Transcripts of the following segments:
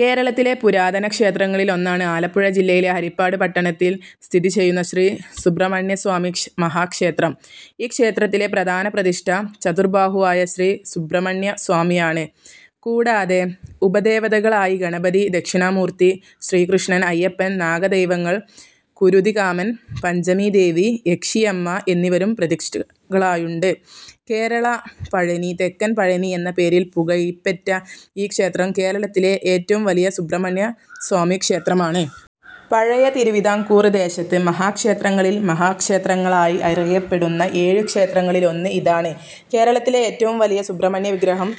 കേരളത്തിലെ പുരാതന ക്ഷേത്രങ്ങളിലൊന്നാണ് ആലപ്പുഴ ജില്ലയിലെ ഹരിപ്പാട് പട്ടണത്തിൽ സ്ഥിതിചെയ്യുന്ന ശ്രീ സുബ്രഹ്മണ്യസ്വാമി ക്ഷേ മഹാക്ഷേത്രം. ഈ ക്ഷേത്രത്തിലെ പ്രധാന പ്രതിഷ്ഠ ചതുർബാഹുവായ ശ്രീ സുബ്രഹ്മണ്യസ്വാമിയാണ്. കൂടാതെ ഉപദേവതകളായി ഗണപതി, ദക്ഷിണാമൂർത്തി, ശ്രീകൃഷ്ണൻ, അയ്യപ്പൻ, നാഗദൈവങ്ങൾ, കുരുതികാമൻ, പഞ്ചമീദേവി, യക്ഷിയമ്മ എന്നിവരും പ്രതിഷ്ഠകളായുണ്ട്. കേരള പഴനി, തെക്കൻ പഴനി എന്ന പേരിൽ പുകഴ്പെറ്റ ഈ ക്ഷേത്രം കേരളത്തിലെ ഏറ്റവും വലിയ സുബ്രഹ്മണ്യസ്വാമിക്ഷേത്രമാണ്. പഴയ തിരുവിതാംകൂർ ദേശത്ത് മഹാക്ഷേത്രങ്ങളിൽ മഹാക്ഷേത്രങ്ങളായി അറിയപ്പെടുന്ന ഏഴ് ക്ഷേത്രങ്ങളിലൊന്ന് ഇതാണ്. കേരളത്തിലെ ഏറ്റവും വലിയ സുബ്രഹ്മണ്യവിഗ്രഹം,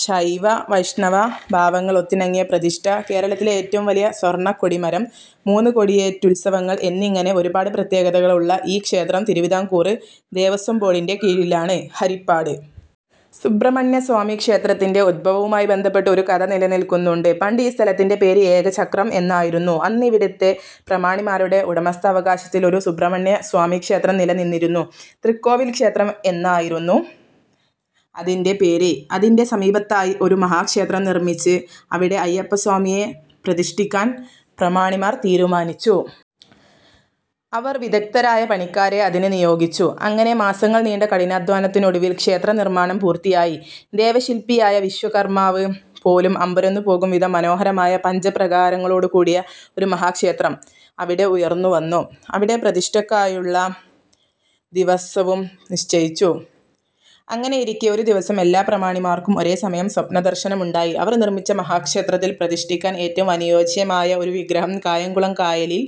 ശൈവ വൈഷ്ണവ ഭാവങ്ങൾ ഒത്തിണങ്ങിയ പ്രതിഷ്ഠ, കേരളത്തിലെ ഏറ്റവും വലിയ സ്വർണക്കൊടിമരം, മൂന്ന് കൊടിയേറ്റുത്സവങ്ങൾ എന്നിങ്ങനെ ഒരുപാട് പ്രത്യേകതകളുള്ള ഈ ക്ഷേത്രം തിരുവിതാംകൂർ ദേവസ്വം ബോർഡിൻ്റെ കീഴിലാണ്. ഹരിപ്പാട് സുബ്രഹ്മണ്യസ്വാമിക്ഷേത്രത്തിൻ്റെ ഉദ്ഭവവുമായി ബന്ധപ്പെട്ട് ഒരു കഥ നിലനിൽക്കുന്നുണ്ട്. പണ്ട് ഈ സ്ഥലത്തിൻ്റെ പേര് ഏകചക്രം എന്നായിരുന്നു. അന്നിവിടത്തെ പ്രമാണിമാരുടെ ഉടമസ്ഥാവകാശത്തിൽ ഒരു സുബ്രഹ്മണ്യസ്വാമിക്ഷേത്രം നിലനിന്നിരുന്നു. തൃക്കോവിൽ ക്ഷേത്രം എന്നായിരുന്നു അതിൻ്റെ പേര്. അതിൻ്റെ സമീപത്തായി ഒരു മഹാക്ഷേത്രം നിർമ്മിച്ച് അവിടെ അയ്യപ്പസ്വാമിയെ പ്രതിഷ്ഠിക്കാൻ പ്രമാണിമാർ തീരുമാനിച്ചു. അവർ വിദഗ്ധരായ പണിക്കാരെ അതിന് നിയോഗിച്ചു. അങ്ങനെ മാസങ്ങൾ നീണ്ട കഠിനാധ്വാനത്തിനൊടുവിൽ ക്ഷേത്രനിർമ്മാണം പൂർത്തിയായി. ദേവശില്പിയായ വിശ്വകർമാവ് പോലും അമ്പരന്നുപോകുംവിധം മനോഹരമായ, പഞ്ചപ്രാകാരങ്ങളോടുകൂടിയ ഒരു മഹാക്ഷേത്രം അവിടെ ഉയർന്നുവന്നു. അവിടെ പ്രതിഷ്ഠയ്ക്കായുള്ള ദിവസവും നിശ്ചയിച്ചു. അങ്ങനെയിരിക്കെ ഒരുദിവസം എല്ലാ പ്രമാണിമാർക്കും ഒരേ സമയം സ്വപ്നദർശനമുണ്ടായി. അവർ നിർമ്മിച്ച മഹാക്ഷേത്രത്തിൽ പ്രതിഷ്ഠിക്കാൻ ഏറ്റവും അനുയോജ്യമായ ഒരു വിഗ്രഹം കായംകുളം കായലിൽ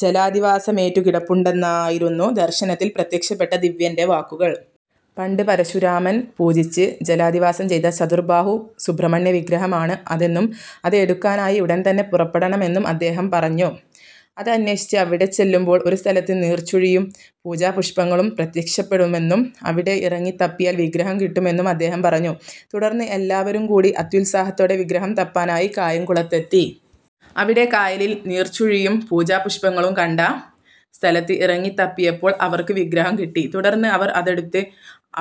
ജലാധിവാസമേറ്റുകിടപ്പുണ്ടെന്നതായിരുന്നു ദർശനത്തിൽ പ്രത്യക്ഷപ്പെട്ട ദിവ്യൻ്റെ വാക്കുകൾ. പണ്ട് പരശുരാമൻ പൂജിച്ച് ജലാധിവാസം ചെയ്ത ചതുർബാഹു സുബ്രഹ്മണ്യവിഗ്രഹമാണ് അതെന്നും അത് എടുക്കാനായി ഉടൻതന്നെ പുറപ്പെടണമെന്നും അദ്ദേഹം പറഞ്ഞു. അത് അന്വേഷിച്ച് അവിടെച്ചെല്ലുമ്പോൾ ഒരുസ്ഥലത്ത് നീർച്ചുഴിയും പൂജാപുഷ്പങ്ങളും പ്രത്യക്ഷപ്പെടുമെന്നും അവിടെ ഇറങ്ങിത്തപ്പിയാൽ വിഗ്രഹം കിട്ടുമെന്നും അദ്ദേഹം പറഞ്ഞു. തുടർന്ന് എല്ലാവരും കൂടി അത്യുത്സാഹത്തോടെ വിഗ്രഹം തപ്പാനായി കായംകുളത്തെത്തി. അവിടെ കായലിൽ നീർച്ചുഴിയും പൂജാപുഷ്പങ്ങളും കണ്ട സ്ഥലത്ത് ഇറങ്ങിത്തപ്പിയപ്പോൾ അവർക്ക് വിഗ്രഹം കിട്ടി. തുടർന്ന് അവർ അതെടുത്ത്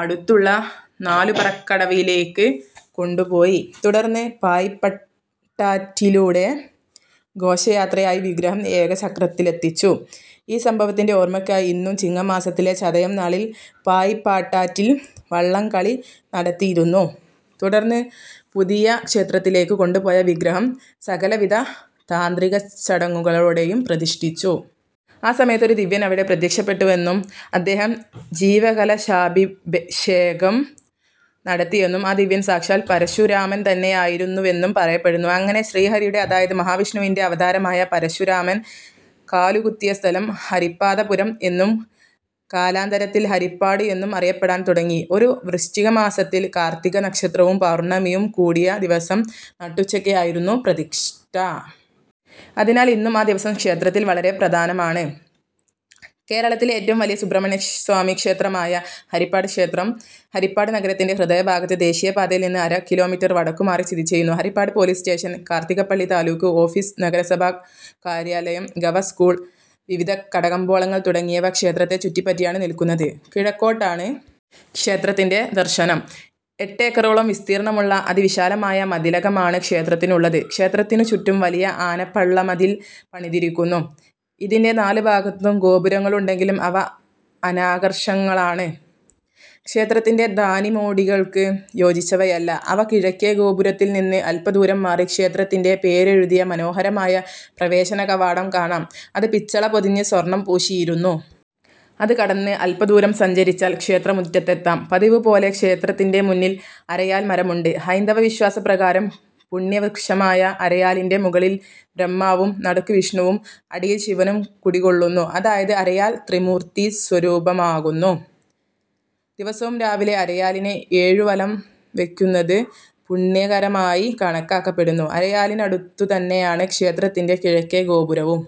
അടുത്തുള്ള നാലുപറക്കടവിലേയ്ക്ക് കൊണ്ടുപോയി. തുടർന്ന് പായിപ്പാട്ടാറ്റിലൂടെ ഘോഷയാത്രയായി വിഗ്രഹം ഏകചക്രത്തെത്തിച്ചു. ഈ സംഭവത്തിൻ്റെ ഓർമയ്ക്കായി ഇന്നും ചിങ്ങമാസത്തിലെ ചതയം നാളിൽ പായിപ്പാട്ടാറ്റിൽ വള്ളംകളി നടത്തിയിരുന്നു .തുടർന്ന് പുതിയ ക്ഷേത്രത്തിലേക്ക് കൊണ്ടുപോയ വിഗ്രഹം സകലവിധ താന്ത്രികച്ചടങ്ങുകളോടെയും പ്രതിഷ്ഠിച്ചു. ആ സമയത്ത് ഒരു ദിവ്യൻ അവിടെ പ്രത്യക്ഷപ്പെട്ടുവെന്നും അദ്ദേഹം ജീവകലശാഭിഷേകം നടത്തിയെന്നും ആ ദിവ്യൻ സാക്ഷാൽ പരശുരാമൻ തന്നെയായിരുന്നുവെന്നും പറയപ്പെടുന്നു. അങ്ങനെ ശ്രീഹരിയുടെ, അതായത് മഹാവിഷ്ണുവിൻ്റെ അവതാരമായ പരശുരാമൻ കാലുകുത്തിയ സ്ഥലം ഹരിപ്പാദപുരം എന്നും കാലാന്തരത്തിൽ ഹരിപ്പാട് എന്നും അറിയപ്പെടാൻ തുടങ്ങി. ഒരു വൃശ്ചികമാസത്തിൽ കാർത്തിക നക്ഷത്രവും പൗർണമിയും കൂടിയ ദിവസം നട്ടുച്ചയ്ക്കായിരുന്നു പ്രതിഷ്ഠ. അതിനാൽ ഇന്നും ആ ദിവസം ക്ഷേത്രത്തിൽ വളരെ പ്രധാനമാണ്. കേരളത്തിലെ ഏറ്റവും വലിയ സുബ്രഹ്മണ്യസ്വാമിക്ഷേത്രമായ ഹരിപ്പാട് ക്ഷേത്രം ഹരിപ്പാട് നഗരത്തിൻ്റെ ഹൃദയഭാഗത്ത് ദേശീയപാതയിൽ നിന്ന് അര കിലോമീറ്റർ വടക്കുമാറി സ്ഥിതിചെയ്യുന്നു. Haripad police station, Karthikappally taluk office, നഗരസഭാ കാര്യാലയം, ഗവ. സ്കൂൾ, വിവിധ കടകമ്പോളങ്ങൾ തുടങ്ങിയവ ക്ഷേത്രത്തെ ചുറ്റിപ്പറ്റിയാണ് നിൽക്കുന്നത്. കിഴക്കോട്ടാണ് ക്ഷേത്രത്തിൻ്റെ ദർശനം. എട്ടേക്കറോളം വിസ്തീർണമുള്ള അതിവിശാലമായ മതിലകമാണ് ക്ഷേത്രത്തിനുള്ളത്. ക്ഷേത്രത്തിനുചുറ്റും വലിയ ആനപ്പള്ളമതിൽ പണിതിരിക്കുന്നു. ഇതിൻ്റെ നാലുഭാഗത്തും ഗോപുരങ്ങളുണ്ടെങ്കിലും അവ അനാകർഷകങ്ങളാണ്. ക്ഷേത്രത്തിൻ്റെ ധാടിമോടികൾക്ക് യോജിച്ചവയല്ല അവ. കിഴക്കേ ഗോപുരത്തിൽ നിന്ന് അല്പദൂരം മാറി ക്ഷേത്രത്തിൻ്റെ പേരെഴുതിയ മനോഹരമായ പ്രവേശനകവാടം കാണാം. അത് പിച്ചള പൊതിഞ്ഞ് സ്വർണം പൂശിയിരുന്നു. അത് കടന്ന് അല്പദൂരം സഞ്ചരിച്ചാൽ ക്ഷേത്രമുറ്റത്തെത്താം. പതിവുപോലെ ക്ഷേത്രത്തിൻ്റെ മുന്നിൽ അരയാൽമരമുണ്ട്. ഹൈന്ദവവിശ്വാസപ്രകാരം പുണ്യവൃക്ഷമായ അരയാലിൻ്റെ മുകളിൽ ബ്രഹ്മാവും നടുക്ക് വിഷ്ണുവും അടിയിൽ ശിവനും കുടികൊള്ളുന്നു. അതായത് അരയാൽ ത്രിമൂർത്തീസ്വരൂപമാകുന്നു. ദിവസവും രാവിലെ അരയാലിനെ ഏഴുവലം വയ്ക്കുന്നത് പുണ്യകരമായി കണക്കാക്കപ്പെടുന്നു. അരയാലിനടുത്തുതന്നെയാണ് ക്ഷേത്രത്തിൻ്റെ കിഴക്കേ ഗോപുരവും.